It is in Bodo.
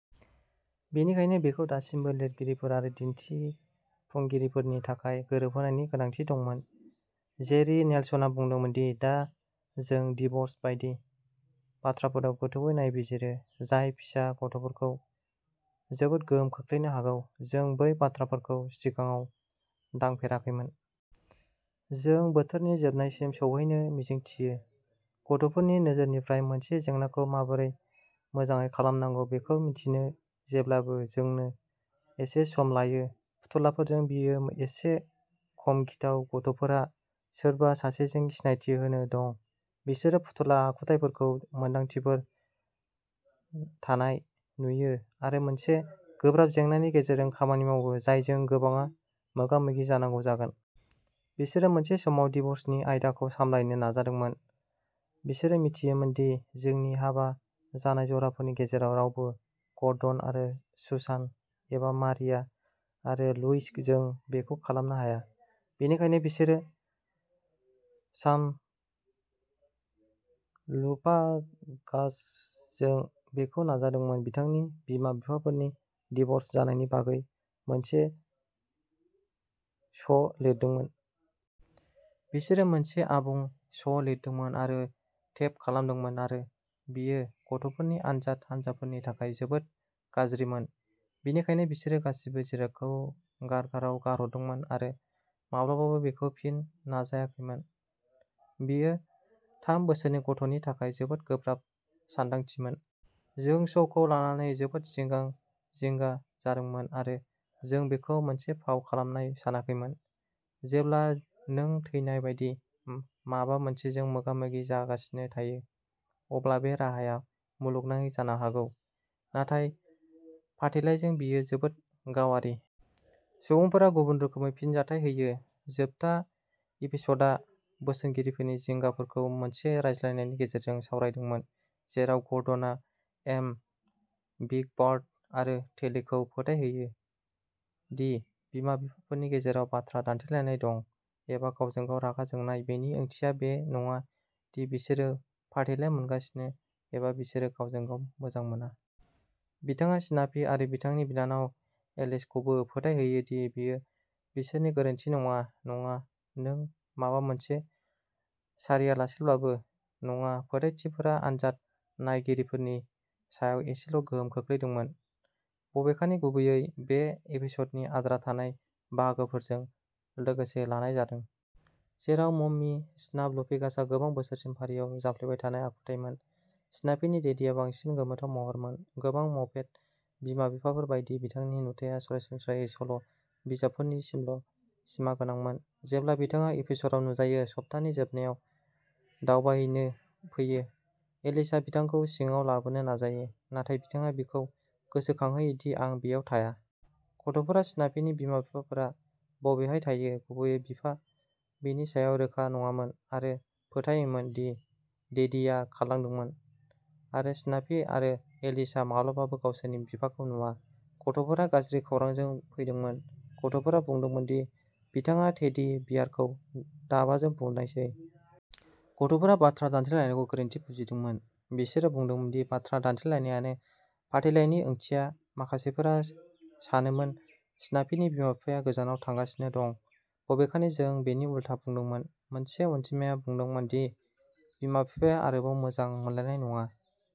बेनिखायनो, बेखौ दासिमबो लिरगिरिफोर आरो दिन्थिफुंगिरिफोरनि थाखाय गोरोबहोनायनि गोनांथि दंमोन। जेरि नेल्सना बुंदोंमोन दि दा जों डिव'र्स बायदि बाथ्राफोराव गोथौवै नायबिजिरो, जाय फिसा गथ'फोरखौ जोबोद गोहोम खोख्लैनो हागौ। जों बै बाथ्राफोरखौ सिगाङाव दांफेराखैमोन। जों बोथोरनि जोबनायसिम सौहैनो मिजिंथियो। गथ'फोरनि नोजोरनिफ्राय मोनसे जेंनाखौ माबोरै मोजाङै खालामनांगौ बेखौ मिन्थिनो जेब्लाबो जोंनो एसे सम लायो फुथुलाफोरजों, बेयो एसे खम गिथाव गथ'फोरहा सोरबा सासेजों सिनायथि होनो दं। बिसोरो फुथुला आखुथाइफोरखौ मोन्दांथिफोर थानाय नुयो आरो मोनसे गोब्राब जेंनानि गेजेरजों खामानि मावो, जायजों गोबांआ मोगा-मोगि जानांगौ जागोन। बिसोरो मोनसे समाव डिव'र्सनि आयदाखौ सामलायनो नाजादोंमोन। बिसोरो मिथियोमोन दि जोंनि हाबा जानाय जराफोरनि गेजेराव रावबो गर्डन आरो सुसान एबा मारिया आरो लुइस जों बेखौ खालामनो हाया, बेनिखायनो बिसोरो स्नाफलुपागासजों बेखौ नाजादोंमोन, बिथांनि बिमा-बिफाफोरनि डिव'र्स जानायनि बागै मोनसे श'लिरदोंमोन। बिसोरो मोनसे आबुं श'लिरदोंमोन आरो टेप खालामदोंमोन आरो बेयो गथ'फोरनि आनजाद हानजाफोरनि थाखाय जोबोद गाज्रिमोन। बेनिखायनो बिसोरो गासिबो जिरादखौ गारगाराव गारहरदोंमोन आरो माब्लाबाबो बेखौ फिन नाजायाखैमोन। बेयो थाम बोसोरनि गथ'नि थाखाय जोबोद गोब्राब सानदांथिमोन। जों श'खौ लानानै जोबोद जिंगा-जिंगा जादोंमोन आरो जों बेखौ मोनसे फाव खालामनाय सानाखैमोन। जेब्ला नों थैनाय बायदि माबा मोनसेजों मोगा-मोगि जागासिनो थायो, अब्ला बे राहाया मुलुगनाङै जानो हागौ। नाथाय फाथैलाइजों, बेयो जोबोद गावारि। सुबुंफोरा गुबुन रोखोमै फिनजाथाय होयो। जोबथा एपिस'डआ बोसोनगिरिफोरनि जिंगाफोरखौ मोनसे रायज्लायनायनि गेजेरजों सावरायदोंमोन जेराव ग'र्डनआ एल्म', बिग बार्ड आरो टेलीखौ फोथायहोयो दि बिमा-बिफाफोरनि गेजेराव बाथ्रा दान्थेलायनाय दं, एबा गावजों-गाव रागा जोंनाय, बेनि ओंथिया बे नङा दि बिसोरो फाथैलाइ मोनगासिनो एबा बिसोरो गावजों-गाव मोजां मोना। बिथाङा स्नाफी आरो बिथांनि बिनानाव एलिसखौबो फोथायहोयो दि बेयो बिसोरनि गोरोन्थि नङा, नङा, नों माबा मोनसे सारियालासेब्लाबो नङा। फोथायथिफोरा आनजाद नायगिरिफोरनि सायाव एसेल' गोहोम खोख्लैदोंमोन, बबेखानि, गुबैयै। बे एपिस'डनि आद्रा थानाय बाहागोफोरजों लोगोसे लानाय जादों। जेराव मम्मी स्नाफलुपेगासआ गोबां बोसोरसिम फारिआव जाफ्लेबाय थानाय आखुथायमोन, स्नाफीनि डेडीआ बांसिन गोमोथाव महरमोन, गोबां मपेट बिमा-बिफाफोर बायदि, बिथांनि नुथाया सरासनस्रायै सल' बिजाबफोरसिमल' सिमा गोनांमोन। जेब्ला बिथाङा एपिस'डआव नुजायो, सप्तानि जोबनायाव दावबायहैनो फैयो, एलिसआ बिथांखौ सिङाव लाबोनो नाजायो, नाथाय बिथाङा बिखौ गोसोखांहोयो दि आं बेयाव थाया। गथ'फोरा स्नाफीनि बिमा-बिफाफोरा बबेहाय थायो, गुबैयै बिफा, बेनि सायाव रोखा नङामोन आरो फोथायोमोन दि डेडीआ खारलांदोंमोन आरो स्नाफी आरो एलिसआ माब्लाबाबो गावसोरनि बिफाखौ नुवा। गथ'फोरा गाज्रि खौरांजों फैदोंमोन गथ'फोरा बुंदोंमोन दि बिथाङा टेडी बियारखौ दाबाजों बुनायसै। गथ'फोरा बाथ्रा दान्थेलायनायखौ गोरोन्थि बुजिदोंमोन। बिसोरो बुंदोंमोन दि बाथ्रा दान्थेलायनायानो फाथैलाइनि ओंथिया। माखासेफोरा सानोमोन स्नाफीनि बिमा-बिफाया गोजानाव थांगासिनो दं, बबेखानि जों बेनि उल्था बुंदोंमोन। मोनसे अनजिमाया बुंदोंमोन दि बिमा-बिफाया आरोबाव मोजां मोनलायनाय नङा।